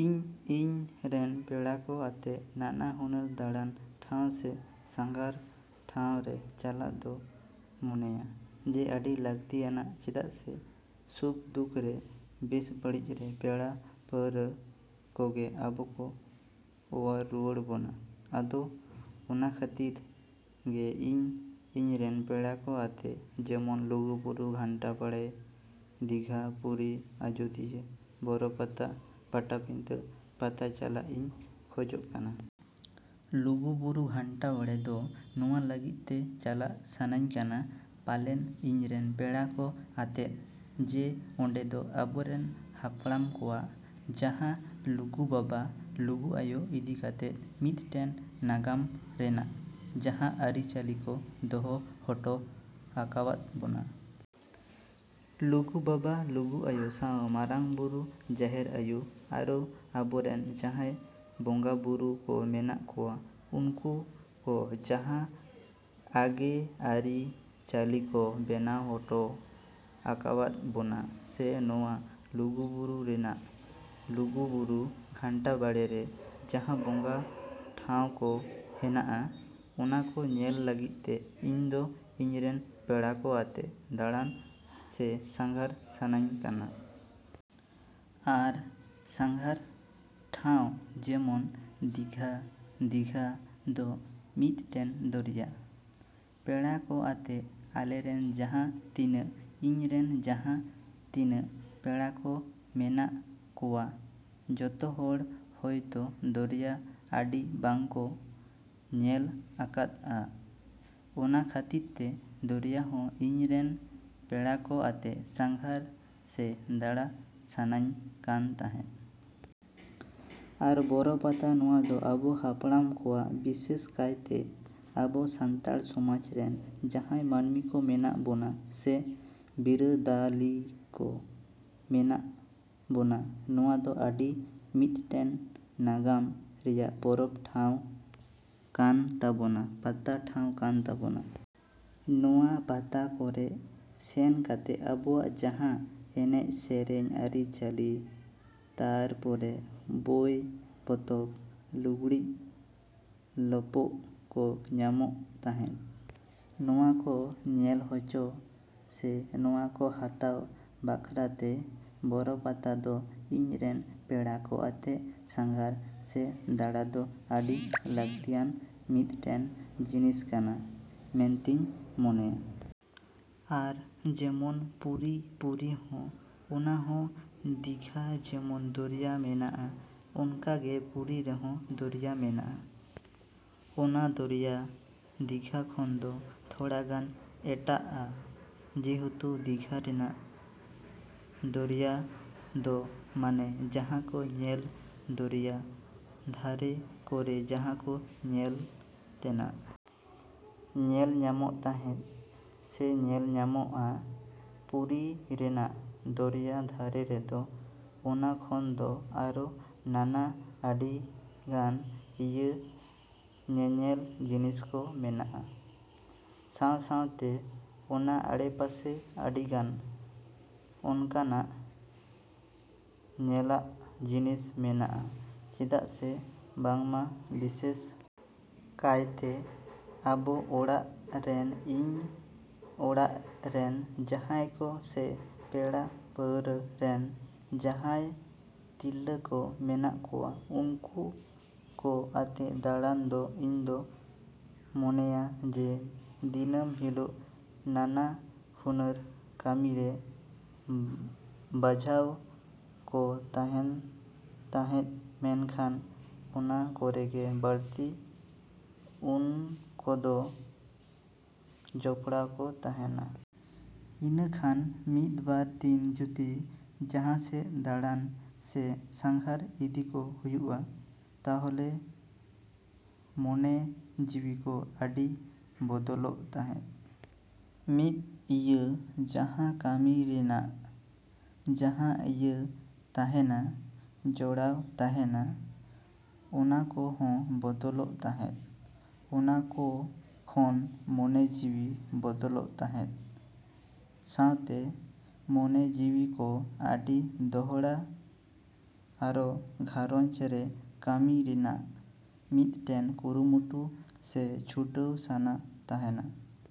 ᱤᱧ ᱤᱧ ᱨᱮᱱ ᱯᱮᱲᱟᱠᱚ ᱟᱛᱮ ᱱᱟᱱᱟ ᱦᱩᱱᱟᱹᱨ ᱫᱟᱬᱟᱱ ᱴᱷᱟᱶ ᱥᱮ ᱥᱟᱸᱜᱷᱟᱨ ᱴᱷᱟᱶᱨᱮ ᱪᱟᱞᱟᱜ ᱫᱚ ᱢᱚᱱᱮᱭᱟ ᱡᱮ ᱟᱹᱰᱤ ᱞᱟᱹᱠᱛᱤᱭᱟᱱᱟ ᱪᱮᱫᱟᱜ ᱥᱮ ᱥᱩᱠᱼᱫᱩᱠᱨᱮ, ᱵᱮᱥ ᱵᱟᱹᱲᱤᱡᱨᱮ ᱯᱮᱲᱟ ᱯᱟᱹᱨᱣᱟᱹ ᱠᱚᱜᱮ ᱟᱵᱚᱠᱚ ᱚᱣᱟᱨ ᱨᱩᱣᱟᱹᱲ ᱵᱚᱱᱟ᱾ ᱟᱫᱚ ᱚᱱᱟ ᱠᱷᱟᱹᱛᱤᱨ ᱜᱮ ᱤᱧ ᱤᱧᱨᱮᱱ ᱯᱮᱲᱟᱠᱚ ᱟᱛᱮ ᱡᱮᱢᱚᱱ ᱞᱩᱜᱩᱵᱩᱨᱩ ᱜᱷᱟᱸᱱᱴᱟ ᱵᱟᱲᱮ, ᱫᱤᱜᱷᱟ, ᱯᱩᱨᱤ, ᱟᱡᱳᱫᱤᱭᱟᱹ, ᱵᱚᱨᱚ ᱯᱟᱛᱟ, ᱯᱟᱴᱟᱵᱤᱫᱟᱹ ᱯᱟᱛᱟ ᱪᱟᱞᱟᱜ ᱤᱧ ᱠᱷᱚᱡᱚᱜ ᱠᱟᱱᱟ᱾ ᱞᱩᱜᱩᱵᱩᱨᱩ ᱜᱷᱟᱸᱱᱴᱟ ᱵᱟᱲᱮ ᱫᱚ ᱱᱚᱣᱟ ᱞᱟᱹᱜᱤᱫ ᱛᱮ ᱪᱟᱞᱟᱜ ᱥᱟᱱᱟᱧ ᱠᱟᱱᱟ ᱯᱟᱞᱮᱱ ᱤᱧᱨᱮᱱ ᱯᱮᱲᱟᱠᱚ ᱟᱛᱮᱫ ᱡᱮ ᱚᱸᱰᱮᱫᱚ ᱟᱵᱚᱨᱮᱱ ᱦᱟᱯᱲᱟᱢ ᱠᱚᱣᱟᱜ ᱡᱟᱦᱟᱸ ᱞᱩᱜᱩᱵᱟᱵᱟ, ᱞᱩᱜᱩᱟᱭᱳ ᱤᱫᱤᱠᱟᱛᱮ ᱢᱤᱫᱴᱮᱱ ᱱᱟᱜᱟᱢ ᱨᱮᱱᱟᱜ ᱡᱟᱦᱟᱸ ᱟᱹᱨᱤ ᱪᱟᱹᱞᱤᱠᱚ ᱫᱚᱦᱚ ᱦᱚᱴᱚ ᱟᱠᱟᱣᱟᱫ ᱵᱚᱱᱟ᱾ ᱞᱩᱜᱩᱵᱟᱵᱟ, ᱞᱩᱜᱩ ᱟᱭᱳ ᱥᱟᱶ ᱢᱟᱨᱟᱝ ᱵᱩᱨᱩ, ᱡᱟᱦᱮᱨ ᱟᱭᱳ ᱟᱨᱚ ᱟᱵᱚᱨᱮᱱ ᱡᱟᱦᱟᱸᱭ ᱵᱚᱸᱜᱟᱵᱩᱨᱩ ᱠᱚ ᱢᱮᱱᱟᱜ ᱠᱚᱣᱟ ᱩᱱᱠᱩ ᱠᱚ ᱡᱟᱦᱟᱸ ᱟᱜᱮ ᱟᱹᱨᱤ ᱪᱟᱹᱞᱤ ᱠᱚ ᱵᱮᱱᱟᱣ ᱦᱚᱴᱚ ᱟᱠᱟᱣᱟᱫ ᱵᱚᱱᱟ ᱥᱮ ᱱᱚᱣᱟ ᱞᱩᱜᱩᱵᱩᱨᱩ ᱨᱮᱱᱟᱜ ᱞᱩᱜᱩᱵᱩᱨᱩ ᱜᱷᱟᱱᱴᱟ ᱵᱟᱲᱮᱨᱮ ᱡᱟᱦᱟᱸ ᱵᱚᱸᱜᱟ ᱴᱷᱟᱶ ᱠᱚ ᱦᱮᱱᱟᱜᱼᱟ ᱚᱱᱟᱠᱚ ᱧᱮᱞ ᱞᱟᱹᱜᱤᱫ ᱛᱮ ᱤᱧᱫᱚ ᱤᱧᱨᱮᱱ ᱯᱮᱲᱟᱠᱚ ᱟᱛᱮ ᱫᱟᱬᱟᱱ ᱥᱮ ᱥᱟᱸᱜᱷᱟᱨ ᱥᱟᱱᱟᱧ ᱠᱟᱱᱟ᱾ ᱟᱨ ᱥᱟᱸᱜᱷᱟᱨ ᱴᱷᱟᱶ ᱡᱮᱢᱚᱱ ᱫᱤᱜᱷᱟ, ᱫᱤᱜᱷᱟ ᱫᱚ ᱢᱤᱫᱴᱮᱱ ᱫᱚᱨᱭᱟ᱾ ᱯᱮᱲᱟᱠᱚ ᱟᱛᱮ ᱟᱞᱮᱨᱮᱱ ᱡᱟᱦᱟᱸ ᱛᱤᱱᱟᱹᱜ ᱤᱧᱨᱮᱱ ᱡᱟᱦᱟᱸ ᱛᱤᱱᱟᱹᱜ ᱯᱮᱲᱟᱠᱚ ᱢᱮᱱᱟᱜ ᱠᱚᱣᱟ ᱡᱚᱛᱚᱦᱚᱲ ᱦᱚᱭᱛᱚ ᱫᱚᱨᱭᱟ ᱟᱹᱰᱤ ᱵᱟᱝ ᱠᱚ ᱧᱮᱞ ᱟᱠᱟᱫᱼᱟ ᱚᱱᱟ ᱠᱷᱟᱹᱛᱤᱨᱛᱮ ᱫᱚᱨᱭᱟ ᱦᱚᱸ ᱤᱧᱨᱮᱱ ᱯᱮᱲᱟᱠᱚ ᱟᱛᱮ ᱥᱟᱸᱜᱷᱟᱨ ᱥᱮ ᱫᱟᱬᱟ ᱥᱟᱱᱟᱧ ᱠᱟᱱ ᱛᱟᱦᱮᱸᱫ᱾ ᱟᱨ ᱵᱚᱨᱚ ᱯᱟᱛᱟ ᱱᱚᱣᱟ ᱫᱚ ᱟᱵᱚ ᱦᱟᱯᱲᱟᱢ ᱠᱚᱣᱟᱜ ᱵᱤᱥᱮᱥ ᱠᱟᱭᱛᱮ ᱟᱵᱚ ᱥᱟᱱᱛᱟᱲ ᱥᱚᱢᱟᱡᱽᱨᱮᱱ ᱡᱟᱦᱟᱸᱭ ᱢᱟᱹᱱᱢᱤᱠᱚ ᱢᱮᱱᱟᱜ ᱵᱚᱱᱟ ᱥᱮ ᱵᱤᱨᱟᱹᱫᱟᱹᱞᱤᱠᱚ ᱢᱮᱱᱟᱜ ᱵᱚᱱᱟ ᱱᱚᱣᱟᱫᱚ ᱟᱹᱰᱤ ᱢᱤᱫᱴᱮᱱ ᱱᱟᱜᱟᱢ ᱨᱮᱱᱟᱜ ᱯᱚᱨᱚᱵᱽ ᱴᱷᱟᱶ ᱠᱟᱱ ᱛᱟᱵᱚᱱᱟ, ᱯᱟᱛᱟ ᱴᱷᱟᱶ ᱠᱟᱱ ᱛᱟᱵᱚᱱᱟ᱾ ᱱᱚᱣᱟ ᱯᱟᱛᱟ ᱠᱚᱨᱮ ᱥᱮᱱ ᱠᱟᱛᱮ ᱟᱵᱚᱣᱟᱜ ᱡᱟᱦᱟᱸ ᱮᱱᱮᱡ ᱥᱮᱨᱮᱧ, ᱟᱹᱨᱤ ᱪᱟᱹᱞᱤ ᱛᱟᱨᱯᱚᱨᱮ ᱵᱳᱭ ᱯᱚᱛᱚᱵᱽ, ᱞᱩᱜᱽᱲᱤᱡ ᱞᱟᱯᱳᱜ ᱠᱚ ᱧᱟᱢᱚᱜ ᱛᱟᱦᱮᱸᱫ᱾ ᱱᱚᱣᱟᱠᱚ ᱧᱮᱞ ᱦᱚᱪᱚ ᱥᱮ ᱱᱚᱣᱟᱠᱚ ᱦᱟᱛᱟᱣ ᱵᱟᱠᱷᱨᱟᱛᱮ ᱵᱚᱨᱚᱯᱟᱛᱟ ᱫᱚ ᱤᱧᱨᱮᱱ ᱯᱮᱲᱟᱠᱚ ᱟᱛᱮ ᱥᱟᱸᱜᱷᱟᱨ ᱥᱮ ᱫᱟᱬᱟᱫᱚ ᱟᱹᱰᱤ ᱞᱟᱹᱠᱛᱤᱭᱟᱱ ᱢᱤᱫᱴᱮᱱ ᱡᱤᱱᱤᱥ ᱠᱟᱱᱟ ᱢᱮᱱᱛᱤᱧ ᱢᱚᱱᱮᱭᱟ᱾ ᱟᱨ ᱡᱮᱢᱚᱱ ᱯᱩᱨᱤ, ᱯᱩᱨᱤᱦᱚᱸ ᱚᱱᱟᱦᱚᱸ ᱫᱤᱜᱷᱟ ᱡᱮᱢᱚᱱ ᱫᱚᱨᱭᱟ ᱢᱮᱱᱟᱜᱼᱟ ᱚᱱᱠᱟᱜᱮ ᱯᱩᱨᱤ ᱨᱮᱦᱚᱸ ᱫᱚᱨᱭᱟ ᱢᱮᱱᱟᱜᱼᱟ᱾ ᱚᱱᱟ ᱫᱚᱨᱭᱟ ᱫᱤᱜᱷᱟ ᱠᱷᱚᱱᱫᱚ ᱛᱷᱚᱲᱟᱜᱟᱱ ᱮᱴᱟᱜᱼᱟ ᱡᱮᱦᱮᱛᱩ ᱫᱤᱜᱷᱟ ᱨᱮᱱᱟᱜ ᱫᱚᱨᱭᱟᱫᱚ ᱢᱟᱱᱮ ᱡᱟᱦᱟᱸᱠᱚ ᱧᱮᱞ ᱫᱚᱨᱭᱟ ᱫᱷᱟᱨᱮ ᱠᱚᱨᱮ ᱡᱟᱦᱟᱸᱠᱚ ᱧᱮᱞ ᱛᱮᱱᱟᱜ ᱧᱮᱞ ᱧᱟᱢᱚᱜ ᱛᱟᱦᱮᱫ ᱥᱮ ᱧᱮᱞ ᱧᱟᱢᱚᱜᱼᱟ ᱯᱩᱨᱤ ᱨᱮᱱᱟᱜ ᱫᱚᱨᱭᱟ ᱫᱷᱟᱨᱮ ᱨᱮᱫᱚ ᱚᱱᱟᱠᱷᱚᱱ ᱫᱚ ᱟᱨᱚ ᱱᱟᱱᱟ ᱟᱹᱰᱤᱜᱟᱱ ᱤᱭᱟᱹ ᱧᱮᱧᱮᱞ ᱡᱤᱱᱤᱥᱠᱚ ᱢᱮᱱᱟᱜᱼᱟ ᱥᱟᱶ ᱥᱟᱶᱛᱮ ᱚᱱᱟ ᱟᱲᱮᱯᱟᱥᱮ ᱟᱹᱰᱤᱜᱟᱱ ᱚᱱᱠᱟᱱᱟᱜ ᱧᱮᱞᱟᱜ ᱡᱤᱱᱤᱥ ᱢᱮᱱᱟᱜᱼᱟ ᱪᱮᱫᱟᱜ ᱥᱮ ᱵᱟᱝᱢᱟ ᱵᱤᱥᱮᱥ ᱠᱟᱭᱛᱮ ᱟᱵᱚ ᱚᱲᱟᱜ ᱨᱮᱱ ᱤᱧ ᱚᱲᱟᱜ ᱨᱮᱱ ᱡᱟᱦᱟᱸᱭ ᱠᱚ ᱥᱮ ᱯᱮᱲᱟ ᱯᱟᱹᱨᱣᱟᱹᱨᱮᱱ ᱡᱟᱦᱟᱸᱭ ᱛᱤᱨᱞᱟᱹ ᱠᱚ ᱢᱮᱱᱟᱜ ᱠᱚᱣᱟ ᱩᱱᱠᱩ ᱠᱚ ᱟᱛᱮ ᱫᱟᱲᱟᱱ ᱫᱚ ᱤᱧᱫᱩᱧ ᱢᱚᱱᱮᱭᱟ ᱡᱮ ᱫᱤᱱᱟᱹᱢ ᱦᱤᱞᱳᱜ ᱱᱟᱱᱟ ᱦᱩᱱᱟᱹᱨ ᱠᱟᱹᱢᱤᱨᱮ ᱵᱟᱡᱷᱟᱣ ᱠᱚ ᱛᱟᱦᱮᱱ ᱛᱟᱦᱮᱸᱫ ᱢᱮᱱᱠᱷᱟᱱ ᱚᱱᱟ ᱠᱚᱨᱮᱜᱮ ᱵᱟᱹᱲᱛᱤ ᱩᱱᱠᱚᱫᱚ ᱡᱚᱯᱲᱟᱣ ᱠᱚ ᱛᱮᱦᱮᱱᱟ᱾ ᱤᱱᱟᱹᱠᱷᱟᱱ ᱢᱤᱫᱵᱟᱨ ᱫᱤᱱ ᱡᱩᱫᱤ ᱡᱟᱦᱟᱸᱥᱮᱫ ᱫᱟᱲᱟᱱ ᱥᱮ ᱥᱟᱸᱜᱷᱟᱨ ᱤᱫᱤᱠᱚ ᱦᱩᱭᱩᱜᱼᱟ ᱛᱟᱦᱚᱞᱮ ᱢᱚᱱᱮ ᱡᱤᱣᱤᱠᱚ ᱟᱹᱰᱤ ᱵᱚᱫᱚᱞᱚᱜ ᱛᱮᱦᱮᱸᱫ᱾ ᱢᱤᱫ ᱤᱭᱟᱹ ᱡᱟᱦᱟᱸ ᱠᱟᱹᱢᱤ ᱨᱮᱱᱟᱜ ᱡᱟᱦᱟᱸ ᱤᱭᱟᱹ ᱛᱮᱦᱮᱱᱟ ᱡᱚᱲᱟᱣ ᱛᱮᱦᱮᱱᱟ ᱚᱱᱟᱠᱚ ᱦᱚᱸ ᱵᱚᱫᱚᱞᱚᱜ ᱛᱮᱦᱮᱸᱫ ᱚᱱᱟᱠᱚ ᱠᱷᱚᱱ ᱢᱚᱱᱮ ᱡᱤᱣᱤ ᱵᱚᱫᱚᱞᱚᱜ ᱛᱮᱦᱮᱸᱫ ᱥᱟᱶᱛᱮ ᱢᱚᱱᱮ ᱡᱤᱣᱤᱠᱚ ᱟᱹᱰᱤ ᱫᱚᱦᱲᱟ ᱟᱨᱚ ᱜᱷᱟᱨᱚᱸᱡᱽ ᱨᱮ ᱠᱟᱹᱢᱤ ᱨᱮᱱᱟᱜ ᱢᱤᱫᱴᱮᱱ ᱠᱩᱨᱩᱢᱩᱴᱩ ᱥᱮ ᱪᱷᱩᱴᱟᱹᱣ ᱥᱟᱱᱟ ᱛᱮᱦᱮᱱᱟ᱾।